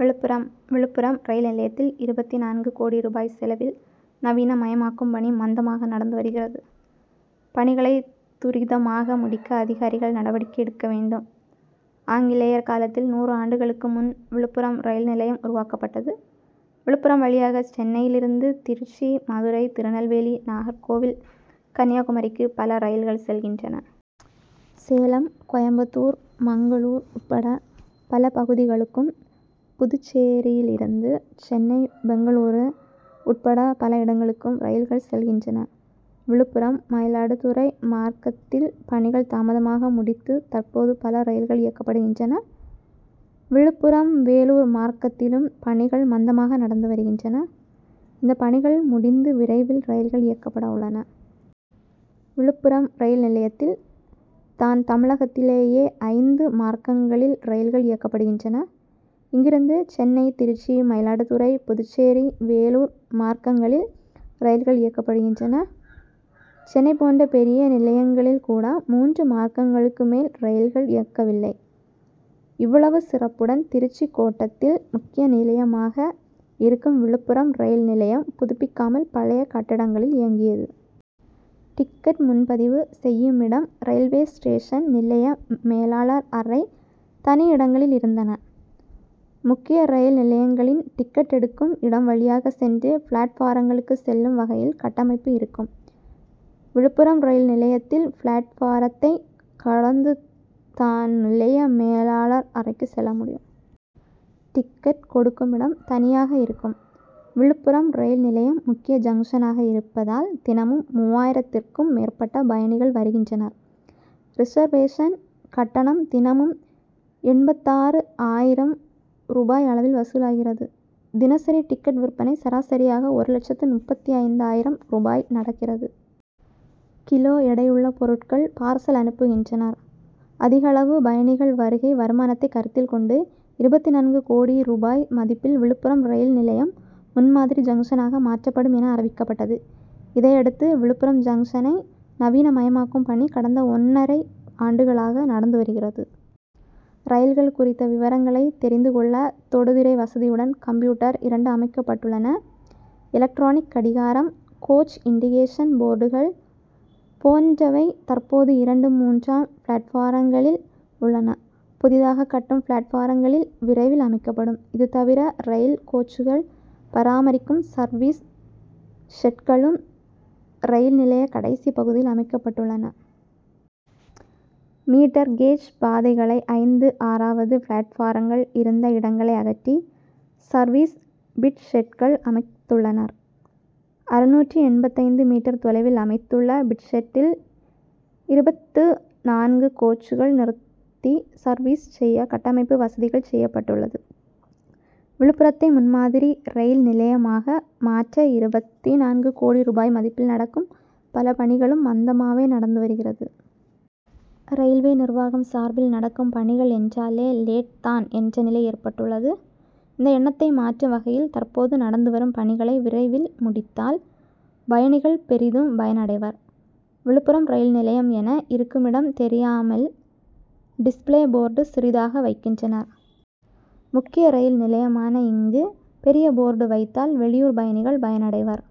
Villupuram Villupuram rail நிலையத்தில் இருபத்து நான்கு கோடி ரூபாய் செலவில் நவீன மயமாக்கும் பணி மந்தமாக நடந்து வருகிறது. பணிகளை துரிதமாக முடிக்க அதிகாரிகள் நடவடிக்கை எடுக்க வேண்டும். ஆங்கிலேயர் காலத்தில் நூறு ஆண்டுகளுக்கு முன் விழுப்புரம் ரயில் நிலையம் உருவாக்கப்பட்டது. விழுப்புரம் வழியாக சென்னையிலிருந்து திருச்சி மதுரை திருநெல்வேலி நாகர் கோவில் கன்னியாகுமரிக்கு பல ரயில்கள் செல்கின்றன. சேலம் கோயம்புத்தூர் மங்களூர் உட்பட பல பகுதிகளுக்கும் புதுச்சேரியிலிருந்து சென்னை பெங்களூரு உட்பட பல இடங்களுக்கும் ரயில்கள் செல்கின்றன. விழுப்புரம் மயிலாடுதுறை மார்க்கத்தில் பணிகள் தாமதமாக முடித்து தற்போது பல ரயில்கள் இயக்கப்படுகின்றன. விழுப்புரம் வேலூர் மார்க்கத்திலும் பணிகள் மந்தமாக நடந்து வருகின்றன. இந்த பணிகள் முடிந்து விரைவில் ரயில்கள் இயக்கப்பட உள்ளன. விழுப்புரம் ரயில் நிலையத்தில் தான் தமிழகத்திலேயே ஐந்து மார்க்கங்களில் ரயில்கள் இயக்கப்படுகின்றன. இங்கிருந்து சென்னை திருச்சி மயிலாடுதுறை புதுச்சேரி வேலூர் மார்க்கங்களில் ரயில்கள் இயக்கப்படுகின்றன. சென்னை போன்ற பெரிய நிலையங்களில் கூட மூன்று மார்க்கங்களுக்கு மேல் ரயில்கள் இயக்கவில்லை. இவ்வளவு சிறப்புடன் திருச்சி கோட்டத்தில் முக்கிய நிலையமாக இருக்கும் விழுப்புரம் ரயில் நிலையம் புதுப்பிக்காமல் பழைய கட்டடங்களில் இயங்கியது. டிக்கெட் முன்பதிவு செய்யுமிடம் ரயில்வே ஸ்டேஷன் நிலைய மேலாளர் அறை தனி இடங்களில் இருந்தன. முக்கிய ரயில் நிலையங்களின் டிக்கெட் எடுக்கும் இடம் வழியாக சென்று பிளாட்பாரங்களுக்கு செல்லும் வகையில் கட்டமைப்பு இருக்கும். விழுப்புரம் ரயில் நிலையத்தில் பிளாட்பாரத்தை கடந்து தான் நிலைய மேலாளர் அறைக்கு செல்ல முடியும். டிக்கெட் கொடுக்குமிடம் தனியாக இருக்கும். விழுப்புரம் ரயில் நிலையம் முக்கிய ஜங்ஷனாக இருப்பதால் தினமும் மூவாயிரத்திற்கும் மேற்பட்ட பயணிகள் வருகின்றனர். ரிசர்வேஷன் கட்டணம் தினமும் எண்பத்தாறு ஆயிரம் ரூபாய் அளவில் வசூலாகிறது. தினசரி டிக்கெட் விற்பனை சராசரியாக ஒரு லட்சத்து முப்பத்தைந்து ஆயிரம் ரூபாய் நடக்கிறது. கிலோ எடையுள்ள பொருட்கள் பார்சல் அனுப்புகின்றனர். அதிகளவு பயணிகள் வருகை வருமானத்தை கருத்தில் கொண்டு இருபத்து நான்கு கோடி ரூபாய் மதிப்பில் விழுப்புரம் ரயில் நிலையம் முன்மாதிரி ஜங்ஷனாக மாற்றப்படும் என அறிவிக்கப்பட்டது. இதையடுத்து விழுப்புரம் ஜங்ஷனை நவீன மயமாக்கும் பணி கடந்த ஒன்னரை ஆண்டுகளாக நடந்து வருகிறது. ரயில்கள் குறித்த விவரங்களை தெரிந்து கொள்ள தொடுதிரை வசதியுடன் கம்ப்யூட்டர் இரண்டு அமைக்கப்பட்டுள்ளன. எலக்ட்ரானிக் கடிகாரம் கோச் இன்டிகேஷன் போர்டுகள் போன்றவை தற்போது இரண்டு மூன்றாம் பிளாட்பாரங்களில் உள்ளன. புதிதாக கட்டும் பிளாட்பாரங்களில் விரைவில் அமைக்கப்படும். இது தவிர ரயில் கோச்சுகள் பராமரிக்கும் சர்வீஸ் ஷெட்களும் ரயில் நிலைய கடைசி பகுதியில் அமைக்கப்பட்டுள்ளது. மீட்டர் கேஜ் பாதைகள் ஐந்து ஆறாவது பிளாட்பாரங்கள் இருந்த இடங்களை அகற்றி சர்வீஸ் பிட் ஷெட்கள் அமைத்துள்ளனர். அறுநூற்று எண்பத்தைந்து மீட்டர் தொலைவில் அமைத்துள்ள பிட் ஷெட்டில் இருபத்து நான்கு கோச்சுகள் நிறுத்தி சர்வீஸ் செய்ய கட்டமைப்பு வசதிகள் செய்யப்பட்டுள்ளது. விழுப்புரத்தை முன்மாதிரி ரயில் நிலையமாக மாற்ற இருபத்து நான்கு கோடி ரூபாய் மதிப்பில் நடக்கும் பல பணிகளும் மந்தமாகவே நடந்து வருகிறது. ரயில்வே நிர்வாகம் சார்பில் நடக்கும் பணிகள் என்றாலே லேட் தான் என்ற நிலை ஏற்பட்டுள்ளது. இந்த எண்ணத்தை மாற்றும் வகையில் தற்போது நடந்து வரும் பணிகளை விரைவில் முடித்தால் பயணிகள் பெரிதும் பயனடைவர். விழுப்புரம் ரயில் நிலையம் என இருக்குமிடம் தெரியாமல் டிஸ்பிளே போர்டு சிறிதாக வைக்கின்றனர். முக்கிய ரயில் நிலையமான இங்கு பெரிய போர்டு வைத்தால் வெளியூர் பயணிகள் பயனடைவர்.